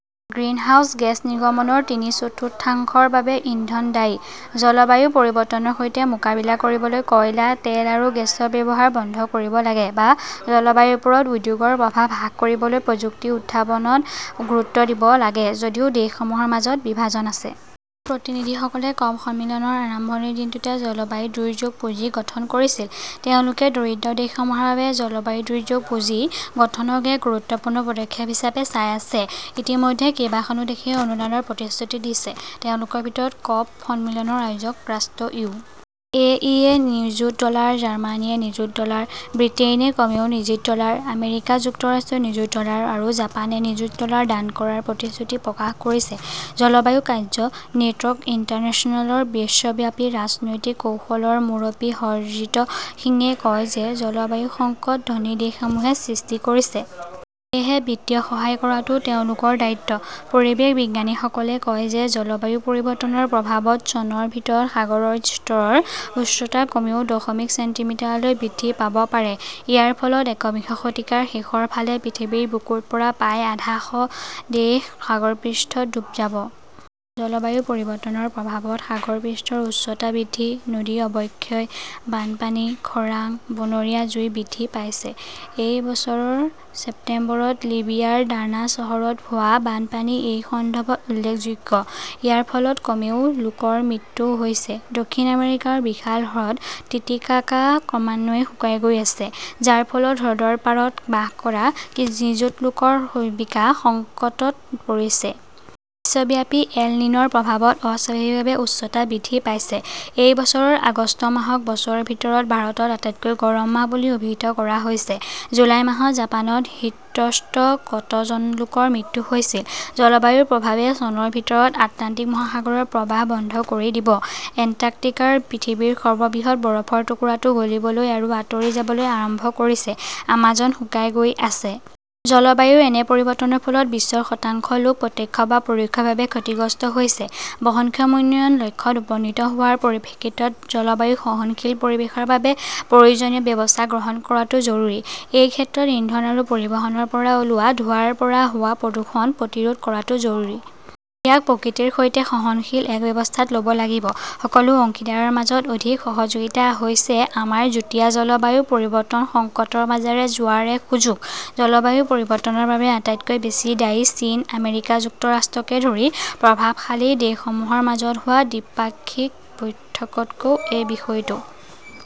Greenhouse gas নিৰ্গমনৰ তিনি-চতুৰ্থাংশৰ বাবে ইন্ধন দায়ী। জলবায়ু পৰিৱৰ্তনৰ সৈতে মোকাবিলা কৰিবলৈ কয়লা, তেল আৰু গেছৰ ব্যৱহাৰ বন্ধ কৰিব লাগে, বা জলবায়ুৰ ওপৰত উদ্যোগৰ প্ৰভাৱ হ্ৰাস কৰিবলৈ প্ৰযুক্তি উদ্ভাৱনত গুৰুত্ব দিব লাগে; যদিও দেশসমূহৰ মাজত বিভাজন আছে। প্ৰতিনিধিসকলে কপ সন্মিলনৰ আৰম্ভণিৰ দিনটোতে জলবায়ু দুৰ্যোগ পুঁজি গঠন কৰিছিল। তেওঁলোকে দৰিদ্ৰ দেশসমূহৰ বাবে জলবায়ু দুৰ্যোগ পুঁজি গঠনক এক গুৰুত্বপূৰ্ণ পদক্ষেপ হিচাপে চাই আছে। ইতিমধ্যে কেইবাখনো দেশে অনুদানৰ প্ৰতিশ্ৰুতি দিছে। তেওঁলোকৰ ভিতৰত ক "প সন্মিলনৰ আয়োজক ৰাষ্ট্ৰ ইউ. এ. ই. -য়ে নিযুত ডলাৰ, জাৰ্মানীয়ে নিযুত ডলাৰ, ব্ৰিটেইনে কমেও নিযুত ডলাৰ, আমেৰিকা যুক্তৰাষ্ট্ৰই নিযুত ডলাৰ আৰু জাপানে নিযুত ডলাৰ দান কৰাৰ প্ৰতিশ্ৰুতি প্ৰকাশ কৰিছে। জলবায়ু কাৰ্য্য নেটৱৰ্ক ইণ্টাৰনেশ্যনেলৰ বিশ্বব্যাপী ৰাজনৈতিক কৌশলৰ মুৰব্বী হৰজিত সিঙে কয় যে জলবায়ু সংকট ধনী দেশসমূহে সৃষ্টি কৰিছে। সেয়েহে বিত্তীয় সহায় কৰাটোও তেওঁলোকৰ দায়িত্ব। পৰিৱেশ বিজ্ঞানীসকলে কয় যে জলবায়ু পৰিৱৰ্তনৰ প্ৰভাৱত চনৰ ভিতৰত সাগৰৰ স্তৰৰ উচ্চতা কমেও দশমিক ছেণ্টিমিটাৰলৈ বৃদ্ধি পাব পাৰে। ইয়াৰ ফলত একবিংশ শতিকাৰ শেষৰ ফালে পৃথিৱীৰ বুকুৰ পৰা প্ৰায় আধা শ দেশ সাগৰ পৃষ্ঠত ডুব যাব। জলবায়ু পৰিৱৰ্তনৰ প্ৰভাৱত সাগৰপৃষ্ঠৰ উচ্চতা বৃদ্ধি, নদী অৱক্ষয়, বানপানী, খৰাং, বনৰীয়া জুই বৃদ্ধি পাইছে। এই বছৰৰ ছেপ্টেম্বৰত লিবিয়াৰ দাৰ্না চহৰত হোৱা বানপানী এই সন্দৰ্ভত উল্লেখযোগ্য। ইয়াৰ ফলত কমেও, লোকৰ মৃত্যু হৈছে। দক্ষিণ আমেৰিকাৰ বিশাল হ্ৰদ টিটিকাকা ক্ৰমান্বয়ে শুকাই গৈ আছে, যাৰ ফলত হ্ৰদৰ পাৰত বাস কৰা নিযুত লোকৰ জীৱিকা সংকটত পৰিছে। বিশ্বব্যাপী এল নিন "ৰ প্ৰভাৱত অস্বাভাৱিকভাৱে উষ্ণতা বৃদ্ধি পাইছে। এই বছৰৰ আগষ্ট মাহক বছৰৰ ভিতৰত ভাৰতত আটাইতকৈ গৰম মাহ বুলি অভিহিত কৰা হৈছে। জুলাই মাহত জাপানত হিটষ্ট্ৰ 'কত জন লোকৰ মৃত্যু হৈছিল। জলবায়ুৰ প্ৰভাৱে চনৰ ভিতৰত আটলাণ্টিক মহাসাগৰৰ প্ৰবাহ বন্ধ কৰি দিব; এণ্টাৰ্কটিকাৰ পৃথিৱীৰ সৰ্ববৃহৎ বৰফৰ টুকুৰাটো গলিবলৈ আৰু আঁতৰি যাবলৈ আৰম্ভ কৰিছে; আমাজন শুকাই গৈ আছে। জলবায়ুৰ এনে পৰিৱৰ্তনৰ ফলত বিশ্বৰ শতাংশ লোক প্ৰত্যক্ষ বা পৰোক্ষভাৱে ক্ষতিগ্ৰস্ত হৈছে। বহনক্ষম উন্নয়ন লক্ষ্যত উপনীত হোৱাৰ পৰিপ্ৰেক্ষিতত জলবায়ু সহনশীল পৰিৱেশৰ বাবে প্ৰয়োজনীয় ব্যৱস্থা গ্ৰহণ কৰাটো জৰুৰী। এই ক্ষেত্ৰত ইন্ধন আৰু পৰিবহণৰ পৰা ওলোৱা ধোঁৱাৰ পৰা হোৱা প্ৰদূষণ প্ৰতিৰোধ কৰাটো জৰুৰী। ইয়াক প্ৰকৃতিৰ সৈতে সহনশীল এক ব্যৱস্থাত ল "ব লাগিব। সকলো অংশীদাৰৰ মাজত অধিক সহযোগিতা হৈছে আমাৰ যুটীয়া জলবায়ু পৰিৱৰ্তন সংকটৰ মাজেৰে যোৱাৰ এক সুযোগ। জলবায়ু পৰিৱৰ্তনৰ বাবে আটাইতকৈ বেছি দায়ী চীন, আমেৰিকা যুক্তৰাষ্ট্ৰকে ধৰি প্ৰভাৱশালী দেশসমূহৰ মাজত হোৱা দ্বিপাক্ষিক বৈঠকতও এই বিষয়টো